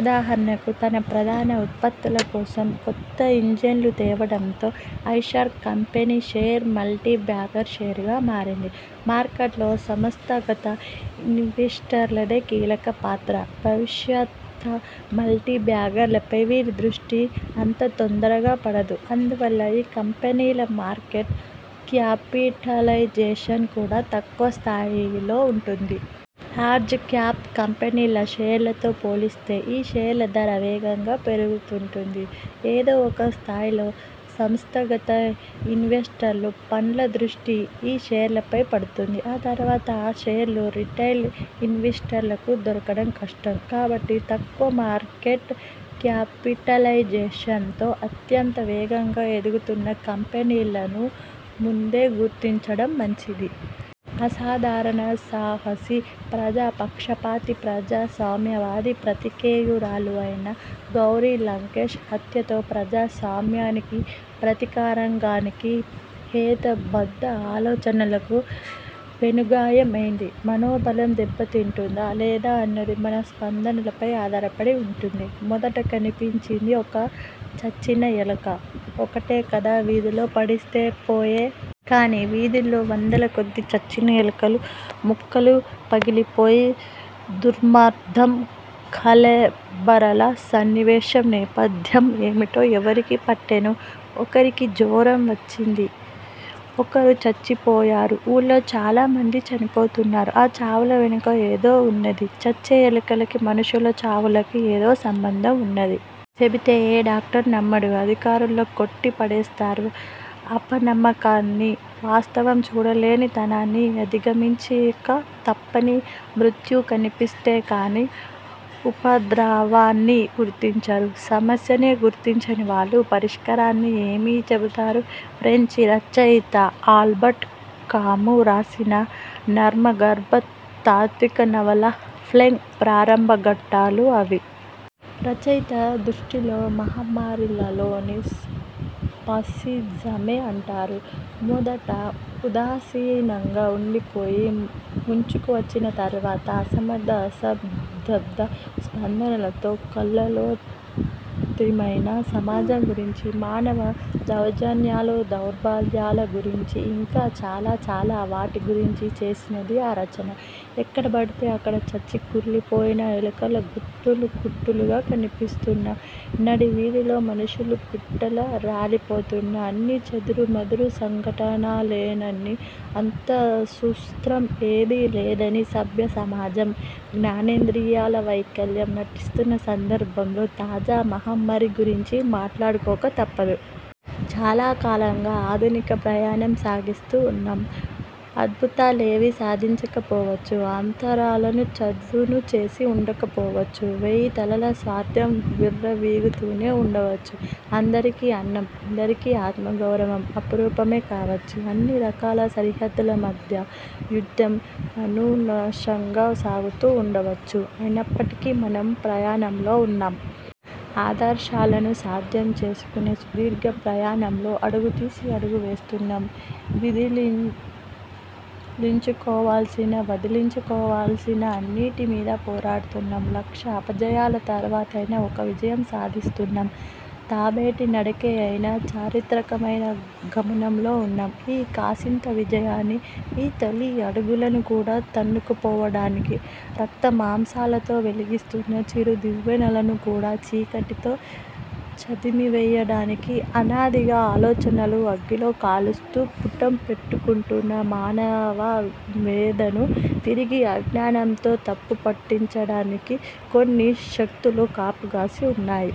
ఉదాహరణకు తన ప్రధాన ఉత్పత్తుల కోసం కొత్త ఇంజన్లుతేవడంతో Eicher company share multibagger షేరుగా మారింది. మార్కెట్లో సంస్థాగత ఇన్వెస్టర్లదే కీలక పాత్ర. భవిష్యత మల్టీబ్యాగర్లపై వీరి దృష్టి అంతతొందరగా పడదు. అందువల్ల ఈ కంపెనీల మార్కెట్ క్యాపిటలైజేషన్ కూడా తక్కువ స్థాయిలో ఉంటుంది. లార్జ్ క్యాప్ కంపెనీల షేర్లతో పోలిస్తే ఈ షేర్ల ధర వేగంగా పెరుగుతుంటుంది. ఏదో ఒక స్థాయిలో సంస్థాగత ఇన్వెస్టర్లు, ఫండ్ల దృష్టి ఈ షేర్లపై పడుతుంది. ఆ తర్వాత ఆ షేర్లు రిటైల్ ఇన్వెస్టర్లకు దొరకడం కష్టం. కాబట్టి తక్కువ మార్కెట్ క్యాపిటలైజేషన్తో అత్యంత వేగంగా ఎదుగుతున్న కంపెనీలను ముందే గుర్తించడం మంచిది. అసాధారణ సాహసి, ప్రజాపక్షపాతి, ప్రజాస్వామ్యవాది, పాత్రికేయురాలు అయిన గౌరీ లంకేశ్ హత్యతో ప్రజాస్వామ్యానికి, పత్రికారంగానికి, హేతుబద్ధ ఆలోచనలకు పెనుగాయం అయింది. మనోబలం దెబ్బతింటుందా లేదా అన్నది మన స్పందనలపై ఆధారపడి ఉంటుంది. ''మొదట కనిపించింది ఒక చచ్చిన ఎలక. ఒకటే కదా, వీధిలో పడేస్తే పోయె. కానీ, వీధుల్లో వందల కొద్దీ చచ్చిన ఎలుకలు. ముక్కులు పగిలిపోయే దుర్గంధం. కళేబరాల సన్నివేశం నేపథ్యం ఏమిటో ఎవరికి పట్టేను? ఒకరికి జొరం వచ్చింది. ఒకరు చచ్చిపోయారు. ఊళ్లో చాలా మంది చనిపోతున్నారు. ఆ చావుల వెనుక ఏదో ఉన్నది. చచ్చే ఎలకలకీ మనుషుల చావులకీ ఏదో సంబంధం ఉన్నది. చెబితే ఏ డాక్టరూ నమ్మడు, అధికారులు కొట్టి పడేస్తారు. అపనమ్మకాన్ని, వాస్తవం చూడలేని తనాన్ని అధిగమించక తప్పని మృత్యువు కనిపిస్తే కానీ, ఉపద్రవాన్ని గుర్తించరు. సమస్యనే గుర్తించనివాళ్లు పరిష్కారాన్ని ఏమి చెబుతారు? '' ఫ్రెంచి రచయిత అల్బర్ట్ కామూ రాసిన నర్మగర్భ, తాత్విక నవల 'ప్లేగ్' ప్రారంభఘట్టాలు అవి. రచయిత దృష్టిలో మహమ్మారి లలోని ఫాసిజమే అంటారు. మొదట ఉదాసీనంగా ఉండిపోయి, ముంచుకువచ్చిన తరువాత అసమర్థ అసంబద్ధ స్పందనలతో కల్లోలితమైన సమాజం గురించి, మానవ దౌర్జన్యాలు దౌర్బల్యాల గురించి, ఇంకా చాలా చాలా వాటి గురించి చేసినది ఆ రచన. ఎక్కడ బడితే అక్కడ చచ్చి కుళ్లిపోయిన ఎలుకలు గుట్టలు గుట్టలుగా కనిపిస్తున్నా, నడివీధుల్లో మనుషులు పిట్టల్లా రాలిపోతున్నా అన్నీ చెదురుమదురు సంఘటనలేనని, అంతస్సూత్రం ఏదీ లేదని 'సభ్య సమాజం' జ్ఞానేంద్రియాల వైకల్యం నటిస్తున్న సందర్భంలో, తాజా మహమ్మారి గురించి మాట్లాడుకోక తప్పదు. చాలా కాలంగా ఆధునిక ప్రయాణం సాగిస్తూ ఉన్నాం. అద్భుతాలేవీ సాధించకపోవచ్చు. అంతరాలను చదును చేసి ఉండకపోవచ్చు. వేయితలల స్వార్థం విర్రవీగుతూనే ఉండవచ్చు. అందరికీ అన్నం, అందరికీ ఆత్మగౌరవం అపురూపమే కావచ్చు. అన్ని రకాల సరిహద్దుల మధ్య యుద్ధం అమానుషంగా సాగుతూ ఉండవచ్చు. అయినప్పటికీ, మనం ప్రయాణంలో ఉన్నాం. ఆదర్శాలను సాధ్యం చేసుకునే సుదీర్ఘ ప్రయాణంలో అడుగుతీసి అడుగు వేస్తున్నాం. విదిలించుకోవలసిన, వదిలించుకోవలసిన అన్నిటి మీదా పోరాడుతున్నాం. లక్ష అపజయాల తరువాతైనా ఒక విజయం సాధిస్తున్నాం. తాబేటి నడకే అయినా, చారిత్రకమయిన గమనంలో ఉన్నాం ఈ కాసింత విజయాన్ని, ఈ తొలి అడుగులను కూడా తన్నుకుపోవడానికి, రక్తమాంసాలతో వెలిగిస్తున్న చిరుదివ్వెలను కూడా చీకటితో చిదిమివేయడానికి, అనాదిగా ఆలోచనల అగ్గిలో కాలుస్తూ పుటం పెట్టుకుంటున్న మానవమేధను తిరిగి అజ్ఞానంతో తుప్పుపట్టించడానికి కొన్ని శక్తులు కాపుగాసి ఉన్నాయి.